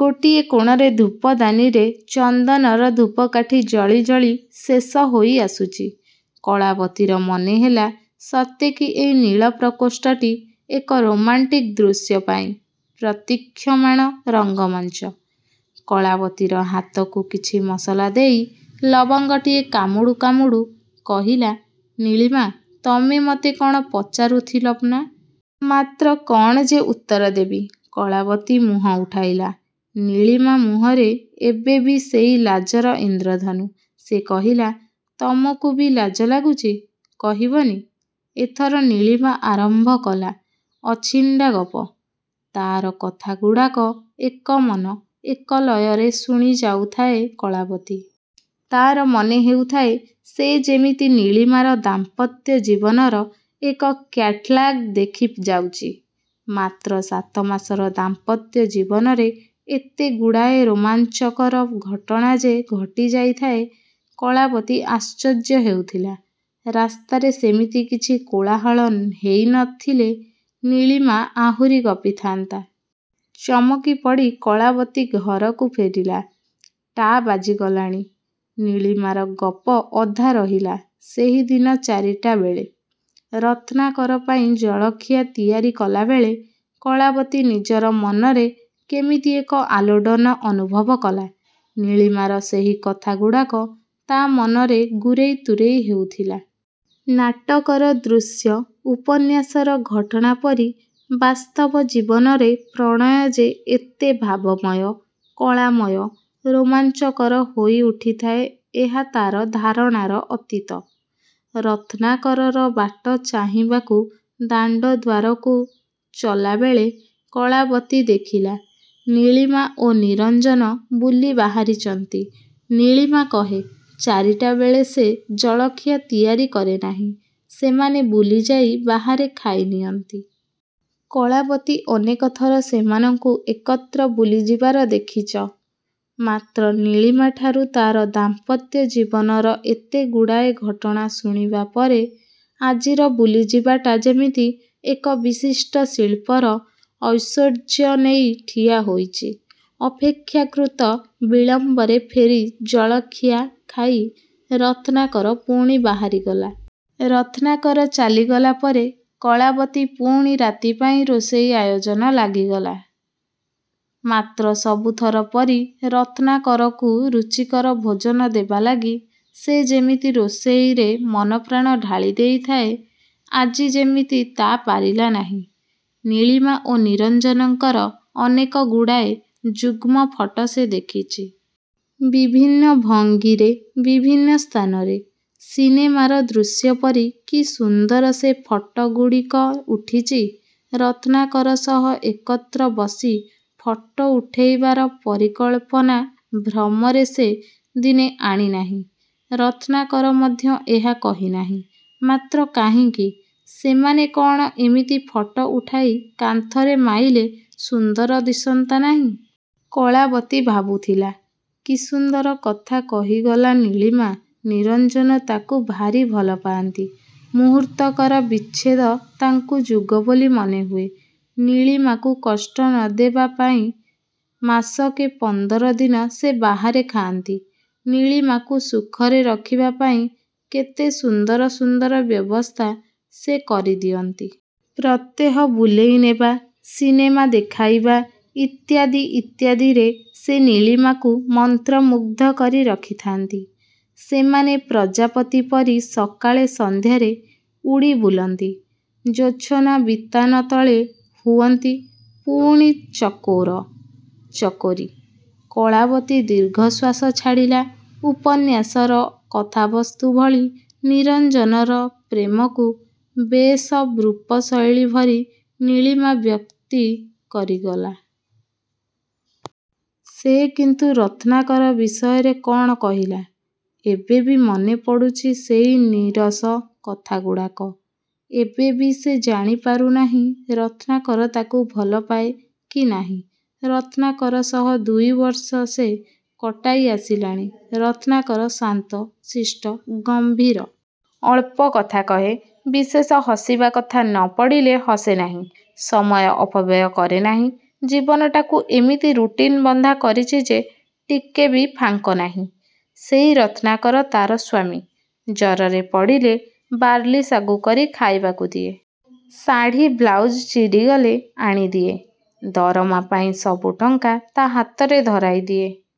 ଗୋଟିଏ କୋଣରେ ଧୂପଦାନୀରେ, ଚନ୍ଦନର ଧୂପକାଠି ଜଳିଜଳି ଶେଷ ହୋଇ ଆସୁଚି। କଳାବତୀର ମନେହେଲା ସତେକି ଏଇ ନୀଳ ପ୍ରକୋଷ୍ଠଟି ଏକ ରୋମାଣ୍ଟିକ୍ ଦୃଶ୍ୟ ପାଇଁ ପ୍ରତୀକ୍ଷମାଣ ରଙ୍ଗମଞ୍ଚ। କଳାବତୀର ହାତକୁ କିଛି ମସଲା ଦେଇ, ଲବଙ୍ଗଟିଏ କାମୁଡ଼ୁ କାମୁଡ଼ୁ କହିଲା ନୀଳିମା–ତମେ ମତେ କ'ଣ ପଚାରୁଥିଲ ନା? ମାତ୍ର କ'ଣ ଯେ ଉତ୍ତର ଦେବି। କଳାବତୀ ମୁହଁ ଉଠାଇଲା–! ନୀଳିମା ମୁହଁରେ ଏବେ ବି ସେଇ ଲାଜର ଇନ୍ଦ୍ରଧନୁ। ସେ କହିଲା–ତମକୁ ବି ଲାଜ ଲାଗୁଚି! କହିବନି? ଏଥର ନୀଳିମା ଆରମ୍ଭ କଲା ଅଛିଣ୍ଡାଗପ…। ତା'ର କଥାଗୁଡ଼ାକ ଏକମନ, ଏକଲୟରେ ଶୁଣି ଯାଉଥାଏ କଳାବତୀ। ତାର ମନେ ହେଉଥାଏ ସେ ଯେମିତି ନିଳୀମାର ଦାମ୍ପତ୍ୟ ଜୀବନର ଏକ କ୍ୟାଟ୍ଲାଗ ଦେଖି ଯାଉଚି। ମାତ୍ର ସାତମାସର ଦାମ୍ପତ୍ୟ ଜୀବନରେ ଏତେଗୁଡ଼ାଏ ରୋମାଂଚକର ଘଟଣା ଯେ' ଘଟିଯାଇଥାଏ, କଳାବତୀ ଆଶ୍ଚର୍ଯ୍ୟ ହେଉଥିଲା। ରାସ୍ତାରେ ସେମିତି କିଛି କୋଳାହଳ ହେଇ ନ ଥିଲେ ନୀଳିମା ଆହୁରି ଗପିଥାନ୍ତା। ଚମକି ପଡ଼ି କଳାବତୀ ଘରକୁ ଫେରିଲା! ଟା ବାଜିଗଲାଣି। ନୀଳିମାର ଗପ ଅଧା ରହିଲା– ସେହିଦିନ ଚାରିଟା ବେଳେ, ରତ୍ନାକର ପାଇଁ ଜଳଖିଆ ତିଆରି କଲାବେଳେ, କଳାବତୀ ନିଜର ମନରେ କେମିତି ଏକ ଆଲୋଡ଼ନ ଅନୁଭବ କଲା। ନୀଳିମାର ସେହି କଥାଗୁଡ଼ାକ, ତା' ମନରେ ଗୁରେଇ ତୁରେଇ ହେଉଥିଲା। ନାଟକର ଦୃଶ୍ୟ, ଉପନ୍ୟାସର ଘଟଣା ପରି, ବାସ୍ତବ ଜୀବନରେ ପ୍ରଣୟ ଯେ ଏତେ ଭାବମୟ, କଳାମୟ, ରୋମାଞ୍ଚକର ହୋଇ ଉଠିଥାଏ ଏହା ତାର ଧାରଣାର ଅତୀତ। ରତ୍ନାକରର ବାଟ ଚାହିଁବାକୁ ଦାଣ୍ଡଦ୍ୱାରକୁ ଚଲାବେଳେ କଳାବତୀ ଦେଖିଲା, ନୀଳିମା ଓ ନିରଞ୍ଜନ ବୁଲି ବାହାରିଚନ୍ତି। ନୀଳିମା କହେ ଚାରିଟା ବେଳେ ସେ ଜଳଖିଆ ତିଆରି କରେ ନାହିଁ, ସେମାନେ ବୁଲିଯାଇ ବାହାରେ ଖାଇ ନିଅନ୍ତି। କଳାବତୀ ଅନେକ ଥର ସେମାନଙ୍କୁ ଏକତ୍ର ବୁଲିଯିବାର ଦେଖିଚ। ମାତ୍ର ନୀଳିମାଠାରୁ ତାର ଦାମ୍ପତ୍ୟ ଜୀବନର ଏତେଗୁଡ଼ାଏ ଘଟଣା ଶୁଣିବା ପରେ, ଆଜିର ବୁଲିଯିବାଟା ଯେମିତି ଏକ ବିଶିଷ୍ଟ ଶିଳ୍ପର ଐଶ୍ୱର୍ଯ୍ୟ ନେଇ ଠିଆ ହୋଇଚି। ଅପେକ୍ଷାକୃତ ବିଳମ୍ବରେ ଫେରି ଜଳଖିଆ ଖାଇ, ରତ୍ନାକର ପୁଣି ବାହାରିଗଲା। ରତ୍ନାକର ଚାଲିଗଲା ପରେ କଳାବତୀ ପୁଣି ରାତି ପାଇଁ ରୋଷେଇ ଆୟୋଜନ ଲାଗିଗଲା। ମାତ୍ର ସବୁ ଥର ପରି ରତ୍ନାକରକୁ ରୁଚିକର ଭୋଜନ ଦେବା ଲାଗି ସେ ଯେମିତି ରୋଷେଇରେ ମନପ୍ରାଣ ଢାଳି ଦେଇଥାଏ, ଆଜି ଯେମିତି ତା' ପାରିଲା ନାହିଁ। ନୀଳିମା ଓ ନିରଞ୍ଜନଙ୍କର ଅନେକଗୁଡ଼ାଏ ଯୁଗ୍ମଫଟ ସେ ଦେଖିଚି। ବିଭିନ୍ନ ଭଙ୍ଗୀରେ, ବିଭିନ୍ନ ସ୍ଥାନରେ। ସିନେମାର ଦୃଶ୍ୟପରି କି ସୁନ୍ଦର ସେ ଫଟଗୁଡ଼ିକ ଉଠିଚି। ରତ୍ନାକର ସହ ଏକତ୍ର ବସି ଫଟ ଉଠାଇବାର ପରିକଳ୍ପନା ଭ୍ରମରେ ସେ ଦିନେ ଆଣି ନାହିଁ। ରତ୍ନାକର ମଧ୍ୟ ଏହା କହିନାହିଁ। ମାତ୍ର କାହିଁକି? ସେମାନେ କ'ଣ ଏମିତି ଫଟ ଉଠାଇ କାନ୍ଥରେ ମାଇଲେ ସୁନ୍ଦର ଦିଶନ୍ତା ନାହିଁ? କଳାବତୀ ଭାବୁଥିଲା–କି ସୁନ୍ଦର କଥା କହିଗଲା ନୀଳିମା–ନିରଞ୍ଜନ ତାକୁ ଭାରି ଭଲ ପାଆନ୍ତି। ମୁହୂର୍ତ୍ତକର ବିଚ୍ଛେଦ ତାଙ୍କୁ ଯୁଗ ବୋଲି ମନେହୁଏ। ନୀଳିମାକୁ କଷ୍ଟ ନ ଦେବା ପାଇଁ ମାସକେ ପନ୍ଦର ଦିନ ସେ ବାହାରେ ଖାଆନ୍ତି। ନୀଳିମାକୁ ସୁଖରେ ରଖିବା ପାଇଁ କେତେ ସୁନ୍ଦର ସୁନ୍ଦର ବ୍ୟବସ୍ଥା ସେ କରି ଦିଅନ୍ତି। ପ୍ରତ୍ୟେହ ବୁଲେଇ ନେବା, ସିନେମା ଦେଖାଇବା, ଇତ୍ୟାଦି ଇତ୍ୟାଦିରେ ସେ ନୀଳିମାକୁ ମନ୍ତ୍ର ମୁଗ୍ଧ କରି ରଖିଥାନ୍ତି। ସେମାନେ ପ୍ରଜାପତିପରି ସକାଳେ ସନ୍ଧ୍ୟାରେ ଉଡ଼ି ବୁଲନ୍ତି। ଜୋଛନା ବିତାନ ତଳେ ହୁଅନ୍ତି ପୁଣି ଚକୋର, ଚକୋରୀ। କଳାବତୀ ଦୀର୍ଘଶ୍ଵାସ ଛାଡ଼ିଲା। ଉପନ୍ୟାସର କଥାବସ୍ତୁ ଭଳି ନିରଞ୍ଜନର ପ୍ରେମକୁ ବେଶ ରୂପ ଶୈଳୀ ଭରି ନୀଳିମା ବ୍ୟକ୍ତି କରିଗଲା। ସେ କିନ୍ତୁ ରତ୍ନାକର ବିଷୟରେ କ'ଣ କହିଲା-? ଏବେ ବି ମନେ ପଡ଼ୁଚି ସେଇ ନୀରସ କଥାଗୁଡ଼ାକ। ଏବେ ବି ସେ ଜାଣି ପାରୁନାହିଁ ରତ୍ନାକର ତାକୁ ଭଲପାଏ କି ନାହିଁ, ରତ୍ନାକର ସହ ଦୁଇବର୍ଷ ସେ କଟାଇ ଆସିଲାଣି। ରତ୍ନାକର ଶାନ୍ତ, ଶିଷ୍ଟ, ଗମ୍ଭୀର। ଅଳ୍ପକଥା କହେ। ବିଶେଷ ହସିବା କଥା ନ ପଡ଼ିଲେ ହସେ ନାହିଁ। ସମୟ ଅପବ୍ୟୟ କରେ ନାହିଁ। ଜୀବନଟାକୁ ଏମିତି ରୁଟିନ ବନ୍ଧା କରିଚି ଯେ, ଟିକେ ବି ଫାଙ୍କ ନାହିଁ। ସେଇ ରତ୍ନାକର ତାର ସ୍ୱାମୀ। ଜରରେ ପଡ଼ିଲେ ବାର୍ଲିସାଗୁ କରି ଖାଇବାକୁ ଦିଏ। ଶାଢ଼ି ବ୍ଲାଉଜ ଚିରି ଗଲେ ଆଣିଦିଏ। ଦରମା ପାଇଁ ସବୁଟଙ୍କା ତା' ହାତରେ ଧରାଇଦିଏ।